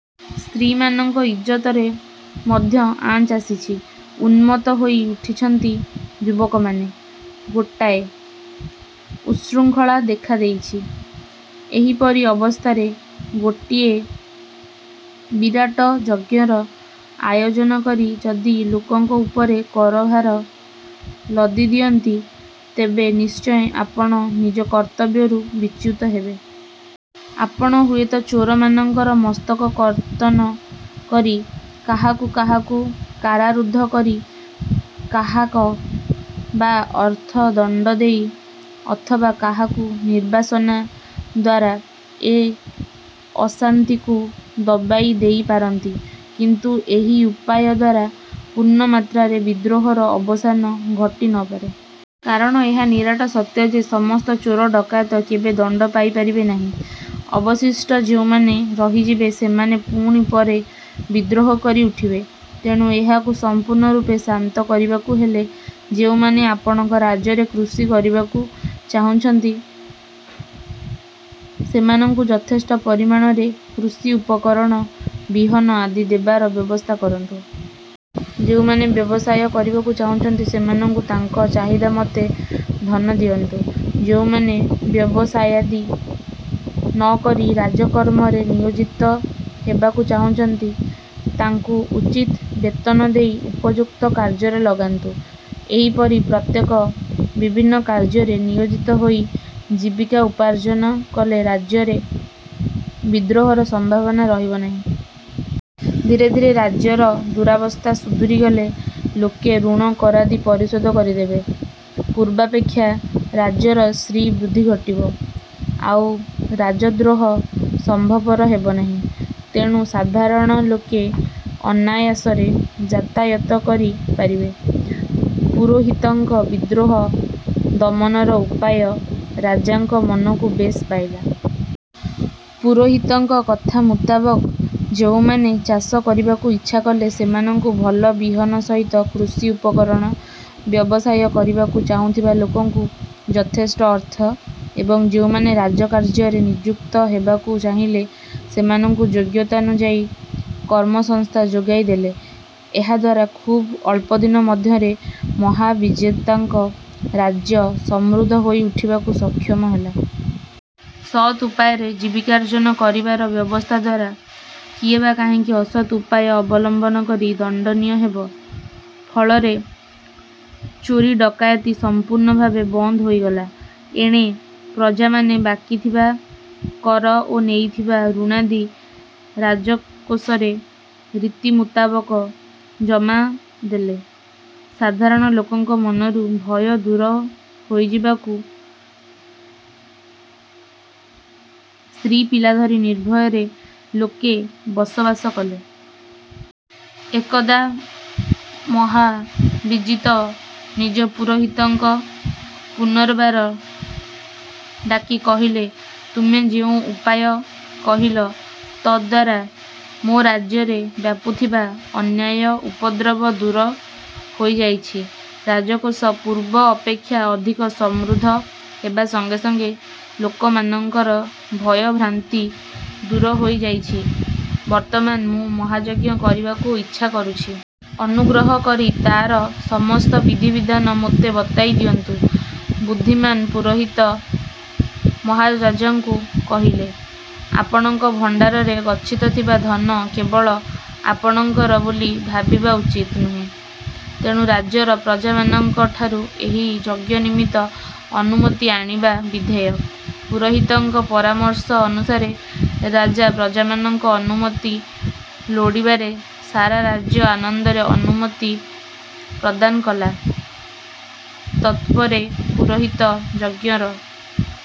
ସ୍ତ୍ରୀମାନଙ୍କ ଇଜତରେ ମଧ୍ୟ ଆଞ୍ଚ ଆସିଛି। ଉନ୍ମତ୍ତ ହୋଇ ଉଠିଛନ୍ତି ଯୁବକମାନେ। ଗୋଟାଏ। ଉତ୍ସୃଂଖଳା ଦେଖା ଦେଇଛି। ଏହିପରି ଅବସ୍ଥାରେ ଗୋଟିଏ ବିରାଟ ଯଜ୍ଞର ଆୟୋଜନ କରି ଯଦି ଲୋକଙ୍କ ଉପରେ କରଭାର ଲଦି ଦିଅନ୍ତି ତେବେ ନିଶ୍ଚୟ ଆପଣ ନିଜ କର୍ତ୍ତବ୍ୟରୁ ବିଚ୍ୟୁତ ହେବେ। ଆପଣ ହୁଏତ ଚୋରମାନଙ୍କର ମସ୍ତକ କର୍ତ୍ତନ କରି, କାହାକୁ କାହାକୁ କାରାରୁଦ୍ଧ କରି କାହାକ ବା ଅର୍ଥ ଦଣ୍ଡଦେଇ ଅଥବା କାହାକୁ ନିର୍ବାସନା ଦ୍ୱାରା ଏ ଅଶାନ୍ତିକୁ ଦବାଇ ଦେଇ ପାରନ୍ତି। କିନ୍ତୁ ଏହି ଉପାୟ ଦ୍ୱାରା ପୂର୍ଣ୍ଣ ମାତ୍ରାରେ ବିଦ୍ରୋହର ଅବସାନ ଘଟି ନ ପାରେ। କାରଣ ଏହା ନିରାଟ ସତ୍ୟ ଯେ ସମସ୍ତ ଚୋର ଡକାୟତ କେବେ ଦଣ୍ଡପାଇ ପାରିବେ ନାହିଁ। ଅବଶିଷ୍ଟ ଯେଉଁମାନେ ରହିଯିବେ ସେମାନେ ପୁଣି ପରେ ବିଦ୍ରୋହ କରି ଉଠିବେ। ତେଣୁ ଏହାକୁ ସଂପୂର୍ଣ୍ଣ ରୂପେ ଶାନ୍ତ କରିବାକୁ ହେଲେ, ଯେଉଁମାନେ ଆପଣଙ୍କ ରାଜ୍ୟରେ କୃଷି କରିବାକୁ ଚାହୁଛନ୍ତି ସେମାନଙ୍କୁ ଯଥେଷ୍ଟ ପରିମାଣରେ କୃଷିଉପକରଣ, ବିହନ ଆଦି ଦେବାର ବ୍ୟବସ୍ଥା କରନ୍ତୁ। ଯେଉଁମାନେ ବ୍ୟବସାୟ କରିବାକୁ ଚାହୁଁଛନ୍ତି ସେମାନଙ୍କୁ ତାଙ୍କ ଚାହିଦାମତେ ଧନ ଦିଅନ୍ତୁ। ଯେଉଁମାନେ ବ୍ୟବସାୟାଦି ନ କରି ରାଜକର୍ମରେ ନିୟୋଜିତ ହେବାକୁ ଚାହୁଛନ୍ତି ତାଙ୍କୁ ଉଚିତ ବେତନ ଦେଇ ଉପଯୁକ୍ତ କାର୍ଯ୍ୟରେ ଲଗାନ୍ତୁ। ଏହିପରି ପ୍ରତ୍ୟେକ ବିଭିନ୍ନ କାର୍ଯ୍ୟରେ ନିୟୋଜିତ ହୋଇ ଜୀବିକା ଉପାର୍ଜନ କଲେ ରାଜ୍ୟରେ ବିଦ୍ରୋହର ସମ୍ଭାବନା ରହିବ ନାହିଁ। ଧୀରେ ଧୀରେ ରାଜ୍ୟର ଦୂରାବସ୍ଥା ସୁଧୁରି ଗଲେ ଲୋକେ ଋଣ କରାଦି ପରିଶୋଧ କରିଦେବେ। ପୂର୍ବାପେକ୍ଷା ରାଜ୍ୟର ଶ୍ରୀବୃଦ୍ଧି ଘଟିବ। ଆଉ ରାଜଦ୍ରୋହ ସମ୍ଭବପର ହେବ ନାହିଁ। ତେଣୁ ସାଧାରଣ ଲୋକେ ଅନାୟାସରେ ଯାତାୟାତ କରି ପାରିବେ। ପୁରୋହିତଙ୍କ ବିଦ୍ରୋହ ଦମନର ଉପାୟ ରାଜାଙ୍କ ମନକୁ ବେଶ୍ ପାଇଲା। ପୁରୋହିତଙ୍କ କଥା ମୁତାବକ ଯେଉଁମାନେ ଚାଷ କରିବାକୁ ଇଚ୍ଛାକଲେ ସେମାନଙ୍କୁ ଭଲ ବିହନ ସହିତ କୃଷିଉପକରଣ, ବ୍ୟବସାୟ କରିବାକୁ ଚାହୁଁଥିବା ଲୋକଙ୍କୁ ଯଥେଷ୍ଟ ଅର୍ଥ ଏବଂ ଯେଉଁମାନେ ରାଜକାର୍ଯ୍ୟରେ ନିଯୁକ୍ତ ହେବାକୁ ଚାହିଁଲେ ସେମାନଙ୍କୁ ଯୋଗ୍ୟତାନୁଯାୟୀ କର୍ମସଂସ୍ଥା ଯୋଗାଇ ଦେଲେ। ଏହାଦ୍ୱାରା ଖୁବ୍ ଅଳ୍ପଦିନ ମଧ୍ୟରେ ମହାବିଜେତାଙ୍କ ରାଜ୍ୟ ସମୃଦ୍ଧ ହୋଇ ଉଠିବାକୁ ସକ୍ଷମ ହେଲା। ସତ୍ ଉପାୟରେ ଜୀବିକାର୍ଜନ କରିବାର ବ୍ୟବସ୍ଥାଦ୍ୱାରା କିଏବା କାହିଁକି ଅସତ୍ ଉପାୟ ଅବଲମ୍ୱନ କରି ଦଣ୍ଡନୀୟ ହେବ? ଫଳରେ ଚୋରି ଡକାୟତି ସମ୍ପୂର୍ଣ୍ଣ ଭାବେ ବନ୍ଦ ହୋଇଗଲା। ଏଣେ ପ୍ରଜାମାନେ ବାକିଥିବା କର ଓ ନେଇଥିବା ଋଣାଦି ରାଜକୋଷରେ ରୀତିମୁତାବକ ଜମା ଦେଲେ। ସାଧାରଣ ଲୋକଙ୍କ ମନରୁ ଭୟ ଦୂର ହୋଇଯିବାକୁ ସ୍ତ୍ରୀ ପିଲା ଧରି ନିର୍ଭୟରେ ଲୋକେ ବସବାସ କଲେ। ଏକଦା ମହାବିଜିତ ନିଜ ପୁରୋହିତଙ୍କ ପୁନର୍ବାର ଡାକି କହିଲେ ତୁମେ ଯେଉଁ ଉପାୟ କହିଲ ତଦ୍ଦ୍ୱାରା ମୋ ରାଜ୍ୟରେ ବ୍ୟାପୁଥିବା ଅନ୍ୟାୟ ଉପଦ୍ରବ ଦୂର ହୋଇଯାଇଛି। ରାଜକୋଷ ପୂର୍ବ ଅପେକ୍ଷା ଅଧିକ ସମୃଦ୍ଧ ହେବା ସଙ୍ଗେ ସଙ୍ଗେ ଲୋକମାନଙ୍କର ଭୟଭ୍ରାନ୍ତି ଦୂର ହୋଇଯାଇଛି-। ବର୍ତ୍ତମାନ ମୁଁ ମହାଯଜ୍ଞ କରିବାକୁ ଇଚ୍ଛା କରୁଛି। ଅନୁଗ୍ରହ କରି ତାର ସମସ୍ତ ବିଧିବିଧାନ ମୋତେ ବତାଇ ଦିଅନ୍ତୁ। ବୁଦ୍ଧିମାନ ପୁରୋହିତ ମହାରାଜାଙ୍କୁ କହିଲେ, ଆପଣଙ୍କ ଭଣ୍ଡାରରେ ଗଚ୍ଛିତଥିବା ଧନ କେବଳ ଆପଣଙ୍କର ବୋଲି ଭାବିବା ଉଚିତ୍ ନୁହେଁ। ତେଣୁ ରାଜ୍ୟର ପ୍ରଜାମାନଙ୍କଠାରୁ ଏହି ଯଜ୍ଞ ନିମିତ୍ତ ଅନୁମତି ଆଣିବା ବିଧେୟ। ପୁରୋହିତଙ୍କ ପରାମର୍ଶ ଅନୁସାରେ ରାଜା ପ୍ରଜାମାନଙ୍କ ଅନୁମତି ଲୋଡ଼ିବାରେ ସାରାରାଜ୍ୟ ଆନନ୍ଦରେ ଅନୁମତି ପ୍ରଦାନ କଲା। ତତ୍ପରେ ପୁରୋହିତ ଯଜ୍ଞର